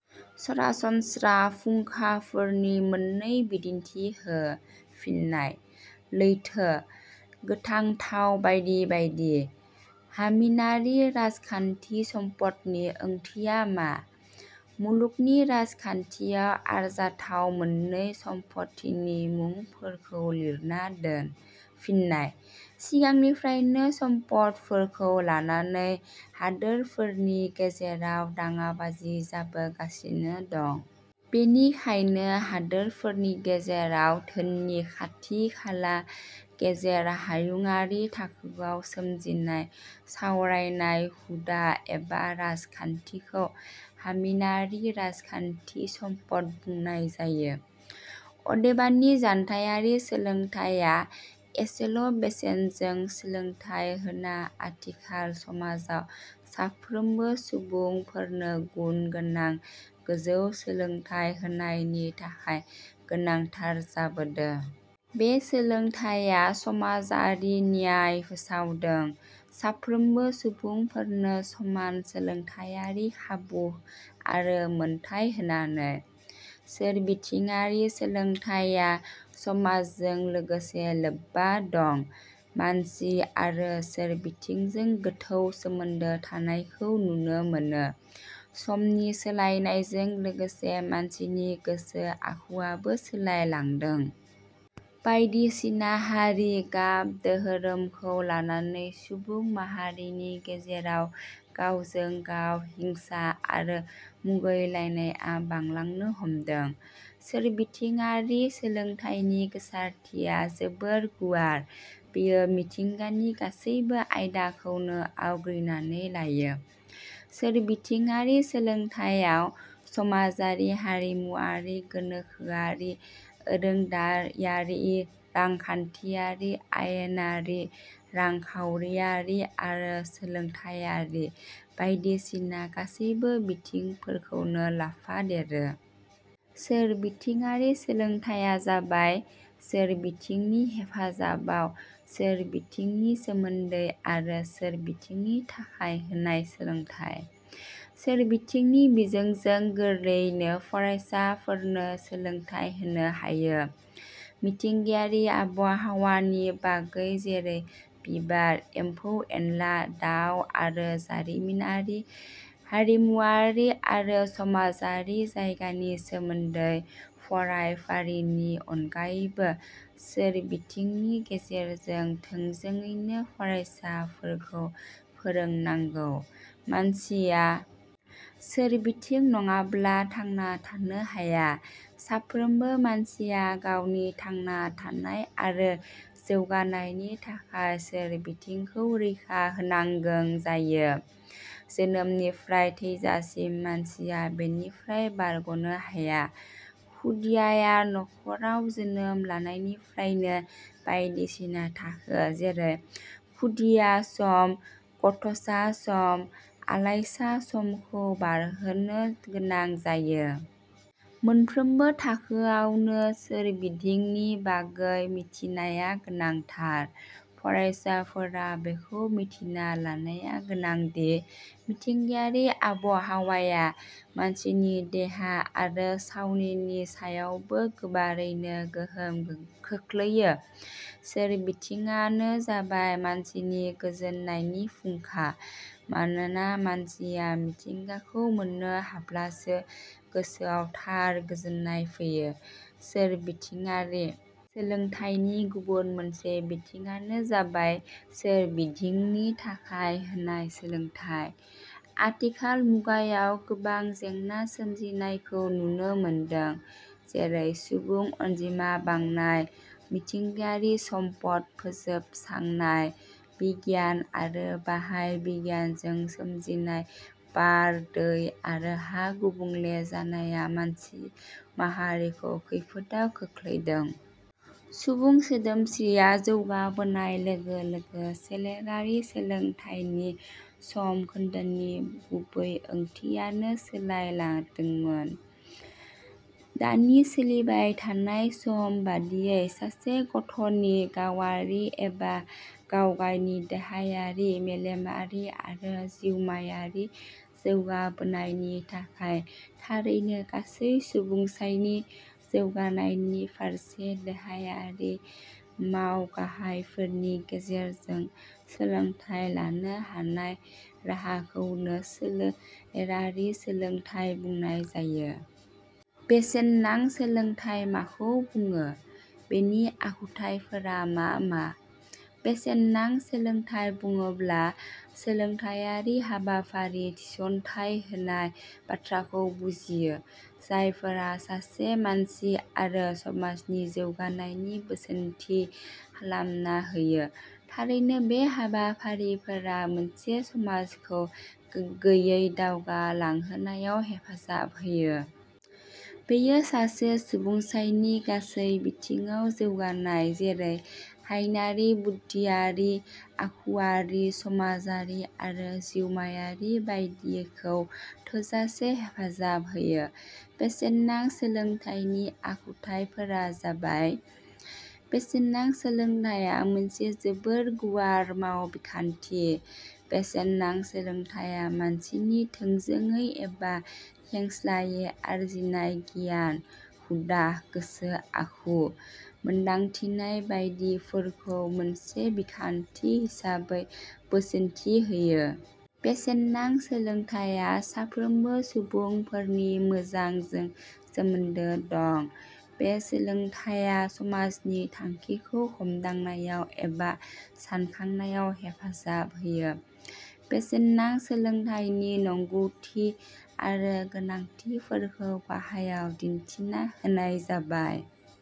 सरासनस्त्रा फुंखाफोरनि मोननै बिदिन्थि हो। फिन्नाय: लैथो, गोथां थाव बायदि बायदि। हामिनारि राजखान्थि सम्पदनि ओंथिया मा? मुलुगनि राजखान्थियाव आरजाथाव मोननै सम्फथिनि मुंफोरखौ लिरना दोन। फिन्नाय: सिगांनिफ्रायनो सम्फदफोरखौ लानानै हादोरफोरनि गेजेराव दाङाबाजि जाबोगासिनो दं। बेनिखायनो, हादोरफोरनि गेजेराव धोननि खाथि खाला गेजेर हायुंआरि थाखोआव सोमजिनाय सावरायनाय, हुदा एबा राजखान्थिखौ हामिनारि राजखान्थि सम्पद बुंनाय जायो। अदेबानि, जानथाइयारि सोलोंथाइया एसेल' बेसेनजों सोलोंथाइ होना आथिखाल समाजाव साफ्रोमबो सुबुंफोरनो गुन गोनां गोजौ सोलोंथाइ होनायनि थाखाय गोनांथार जाबोदो। बे सोलोंथाइया समाजारि न्याय फोसावदों साफ्रोमबो सुबुंफोरनो समान सोलोंथाइयारि खाबु आरो मोनथाइ होनानै। सोरबिथिङारि सोलोंथाइया समाजजों लोगोसे लोब्बा दं। मानसि आरो सोरबिथिंजों गोथौ सोमोन्दो थानायखौ नुनो मोनो समनि सोलायनायजों लोगोसे मानसिनि गोसो आखुवाबो सोलायलांदों। बायदिसिना हारि, गाब, दोहोरोमखौ लानानै सुबुं माहारिनि गेजेराव गावजों गाव हिंसा आरो मुगैलायनाया बांलांनो हमदों।: सोरबिथिङारि सोलोंथाइनि गोसारथिया जोबोर गुवार बेयो मिथिंगानि गासैबो आइदाखौनो आवग्रिनानै लायो। सोरबिथिङारि सोलोंथाइयाव समाजारि, हारिमुवारि, गोनोखोआरि, ओरोंदायारि, रांखान्थियारि, आयेनारि, रांखाउरियारि आरो सोलोंथाइयारि बाइदिसिना गासैबो बिथिंफोरखौनो लाफादेरो। सोरबिथिङारि सोलोंथाइया जाबाय सोरबिथिंनि हेफाजाबाव, सोरोबिथिंनि सोमोन्दै आरो सोरबिथिंनि थाखाय होनाय सोलोंथाइ।. सोरबिथिंनि बिजोंजों गोरलैयैनो फरायसाफोरनो सोलोंथाइ होनो हायो। मिथिंगायारि आबहावानि बागै जेरै- बिबार, एम्फौ एनला, दाउ आरो जारिमिनारि, हारिमुवारि आरो समाजारि जायगानि सोमोन्दै फरायफारिनि अनगायैबो सोरबिथिंनि गेजेरजों थोंजोडैनो फरायसाफोरखौ फोरोंनांगौ।.मानसिया सोरबिथिं नङाब्ला थांना थानो हाया। साफ्रोमबो मानसिया गावनि थांना थानाय आरो जौगानायनि थाखाय सोरबिथिंखौ रैखाथि होनांगों जायो। जोनोमनिफ्राय थैजासिम मानसिया बेनिफ्राय बारग 'नो हाया। खुदियाआ नख'राव जोनोम लानायनिफ्रायनो बायदिसिना थाखो जेरै खुदिया सम, गथ'सा सम, आलायसा समखौ बारहोनो गोनां जायो। मोनफ्रोमबो थाखोआवनो सोरबिधिंनि बागै मिथिनाया. गोनांथार। फ़रायसाफोरा बेखौ मिथिना लानाया गोनांदि मिथिंगायारि आबहावाया मानसिनि देहा आरो सावनिनि सायावबो गोबारैनो गोहोम खोख्लैयो। सोरबिथिङानो जाबाय मानसिनि गोजोननायनि फुंखा। मानोना मानसिया मिथिंगाखौ मोननो हाब्लासो गोसोआव थार गोजोननाय फैयो।.सोरबिथिङारि सोलोंथाइनि गुबुन मोनसे बिथिङानो जाबाय सोरबिधिंनि थाखाय होनाय सोलोंथाइ। आथिखाल मुगायाव गोबां जेंना सोमजिनायखौ नुनो मोनदों, जेरै- सुबुं अनजिमा बांनाय, मिथिंगायारि सम्पद फोजोब सांनाय, बिगियान आरो बाहाय बिगियानजों सोमजिनाय बार, दै आरो हा गुबुंले जानाया मानसि माहारिखौ खैफोदाव खोख्लैदों। सुबुं सोदोमस्रिया जौगाबोनाय लोगो लोगो सोलेरारि सोलोंथाइनि सम खोन्दोनि गुबै ओंथियाबो सोलायलादोंमोन। दानि सोलिबाय थानाय सम बादियै सासे गथ'नि गावआरि एबा गावगायनि देहायारि, मेलेमारि आरो जिउमायारि जौगाबोनायनि थाखाय थारैनो गासै सुबुंसाइनि जौगानायनि फारसे देहायारि माव गाहायफोरनि गेजेरजों सोलोंथाइ लानो हानाय राहाखौनो सोलेरारि सोलोंथाइ बुंनाय जायो। बेसेननां सोलोंथाइ माखौ बुङो? बेनि आखुथाइफोरा मा मा?: बेसेननां सोलोंथाइ बुङोब्ला सोलोंथाइयारि हाबाफारि थिसनथाइ होनाय बाथ्राखौ बुजियो जायफोरा सासे मानसि आरो समाजनि जौगानायनि बोसोनथि खालामना होयो। थारैनो बे हाबाफारिफोरा मोनसे समाजखौ गोग्गोयै दावगालांहोनायाव हेफाजाब होयो। बेयो सासे सुबुंसाइनि गासै बिथिङाव जौगानाय जेरै- हायनारि, बुद्धियारि, आखुवारि, समाजारि आरो जिउमायारि बायदिखौ थोजासे हेफाजाब होयो। बेसेननां सोलोंथाइनि आखुथाइफोरा जाबाय: बेसेननां सोलोंथाइया मोनसे जोबोर गुवार माव बिखान्थि। बेसेननां सोलोंथाइया मानसिनि थोंजोंयै एबा खेंस्लायै आरजिनाय गियान, हुदा, गोसो आखु, मोन्दांथिनाय बायदि फोरखौ मोनसे बिखान्थि हिसाबै बोसोनथि होयो। बेसेननां सोलोंथाइया साफ्रोमबो सुबुंफोरनि 'मोजां' जों सोमोन्दो दं। बे सोलोंथाइया समाजनि थांखिखौ हमदांनायाव एबा सानखांनायाव हेफाजाब होयो।: बेसेननां सोलोंथाइनि नोंंगौथि आरो गोनांथिफोरखौ गाहायाव दिन्थिना होनाय जाबाय:।